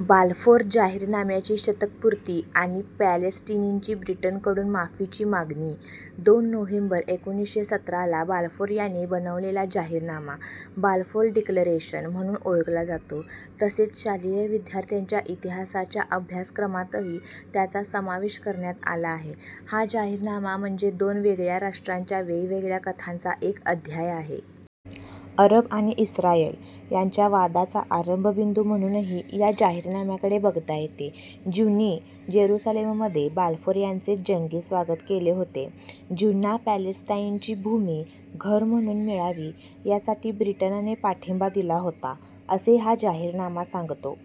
Balfour जाहीरनाम्याची शतकपूर्ती आणि पॅलेस्टिनींची ब्रिटनकडून माफीची मागणी - दोन नोव्हेंबर एकोणीसशे सतराला बाल्फोर यांनी बनवलेला जाहीरनामा 'बाल्फोर डिक्लरेशन' म्हणून ओळखला जातो. तसेच शालेय विद्यार्थ्यांच्या इतिहासाच्या अभ्यासक्रमातही त्याचा समावेश करण्यात आला आहे. हा जाहीरनामा म्हणजे दोन वेगळ्या राष्ट्रांच्या वेगवेगळ्या कथांचा एक अध्याय आहे. अरब आणि इस्रायल यांच्या वादाचा आरंभबिंदू म्हणूनही या जाहीरनाम्याकडे बघता येते. ज्यूंनी जेरुसलेममध्ये बाल्फोर यांचे जंगी स्वागत केले होते. "ज्यूंना पॅलेस्टाइनची भूमी घर म्हणून मिळावी यासाठी ब्रिटनने पाठिंबा दिला होता," असे हा जाहीरनामा सांगतो.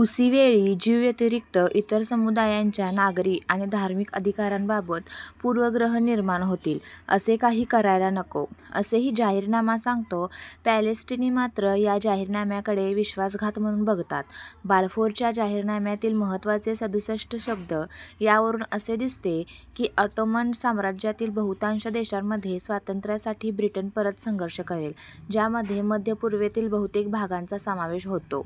उसीवेळी, "ज्यूंव्यतिरिक्त इतर समुदायांच्या नागरी आणि धार्मिक अधिकारांबाबत पूर्वग्रह निर्माण होतील, असे काही करायला नको," असेही जाहीरनामा सांगतो. पॅलेस्टिनी मात्र या जाहीरनाम्याकडे विश्वासघात म्हणून बघतात. बाल्फोरच्या जाहीरनाम्यातील महत्त्वाचे सदुसष्ट शब्द. यावरून असे दिसते की, ऑटोमन साम्राज्यातील बहुतांश देशांमध्ये स्वातंत्र्यासाठी ब्रिटन परत संघर्ष करेल, ज्यामध्ये मध्यपूर्वेतील बहुतेक भागांचा समावेश होतो.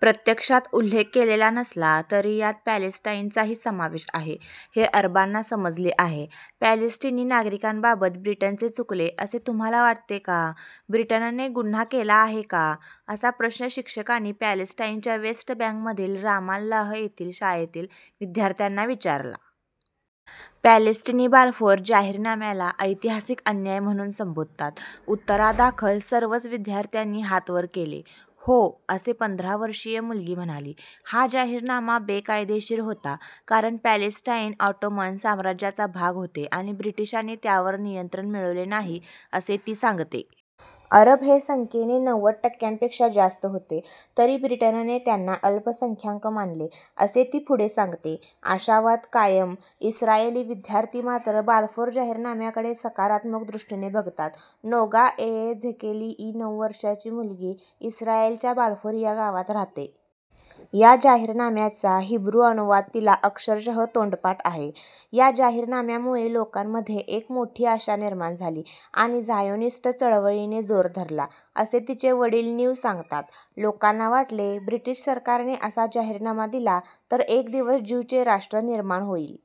प्रत्यक्षात उल्लेख केलेला नसला, तरी यात पॅलेस्टाइनचाही समावेश आहे हे अरबांना समजले आहे. "पॅलेस्टिनी नागरिकांबाबत ब्रिटनचे चुकले असे तुम्हाला वाटते का? ब्रिटनने गुन्हा केला आहे का?" असा प्रश्न शिक्षकांनी पॅलेस्टाइनच्या वेस्ट बँकमधील रामाल्लाह येथील शाळेतील विद्यार्थ्यांना विचारला. पॅलेस्टिनी बाल्फोर जाहीरनाम्याला ऐतिहासिक अन्याय म्हणून संबोधतात. उत्तरादाखल सर्वच विद्यार्थ्यांनी हात वर केले. 'हो' असे पंधरा वर्षीय मुलगी म्हणाली. "हा जाहीरनामा बेकायदेशीर होता. कारण, पॅलेस्टाइन ऑटोमन साम्राज्याचा भाग होते आणि ब्रिटिशांनी त्यावर नियंत्रण मिळवले नाही," असे ती सांगते. "अरब हे संख्येने नव्वद टक्क्यांपेक्षा जास्त होते, तरी ब्रिटनने त्यांना अल्पसंख्याक मानले," असे ती पुढे सांगते. आशावाद कायम - इस्रायली विद्यार्थी मात्र बाल्फोर जाहीरनाम्याकडे सकारात्मक दृष्टीने बघतात. नोगा येहेझेकेली ही नऊ वर्षीय मुलगी इस्रायलच्या बाल्फोरिया गावात राहते. या जाहीरनाम्याचा हिब्रू अनुवाद तिला अक्षरशः तोंडपाठ आहे. "या जाहीरनाम्यामुळे लोकांमध्ये एक मोठी आशा निर्माण झाली आणि झायोनिस्ट चळवळीने जोर धरला," असे तिचे वडील नीव सांगतात. "लोकांना वाटले, ब्रिटिश सरकारने असा जाहीरनामा दिला, तर एक दिवस ज्यूंचे राष्ट्र निर्माण होईल.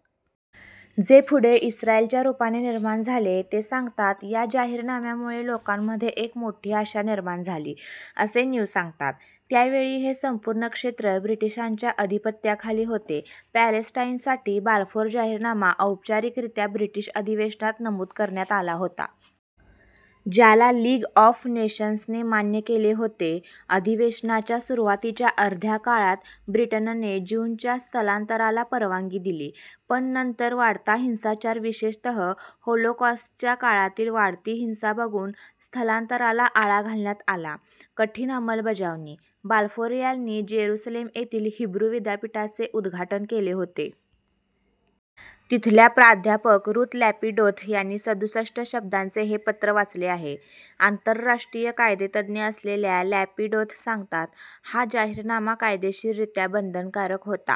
जे पुढे इस्रायलच्या रूपाने निर्माण झाले," ते सांगतात. या जाहीरनाम्यामुळे लोकांमध्ये एक मोठी आशा निर्माण झाली, असे नीव सांगतात. त्यावेळी हे संपूर्ण क्षेत्र ब्रिटिशांच्या अधिपत्याखाली होते. पॅलेस्टाइनसाठी बाल्फोर जाहीरनामा औपचारिकरीत्या ब्रिटिश अधिवेशनात नमूद करण्यात आला होता. ज्याला लीग ऑफ नेशन्सने मान्य केले होते. अधिवेशनाच्या सुरुवातीच्या अर्ध्या काळात ब्रिटनने ज्यूंच्या स्थलांतराला परवानगी दिली. पण, नंतर वाढता हिंसाचार विशेषतः होलोकॉस्टच्या काळातील वाढती हिंसा बघून स्थलांतराला आळा घालण्यात आला. कठीण अंमलबजावणी - बाल्फोर यांनी जेरुसलेम येथील हिब्रू विद्यापीठाचे उद्घाटन केले होते. तिथल्या प्राध्यापक रुथ लॅपिडोथ यांनी सदुसष्ट शब्दांचे हे पत्र वाचले आहे. आंतरराष्ट्रीय कायदेतज्ज्ञ असलेल्या लॅपिडोथ सांगतात, "हा जाहीरनामा कायदेशीररीत्या बंधनकारक होता."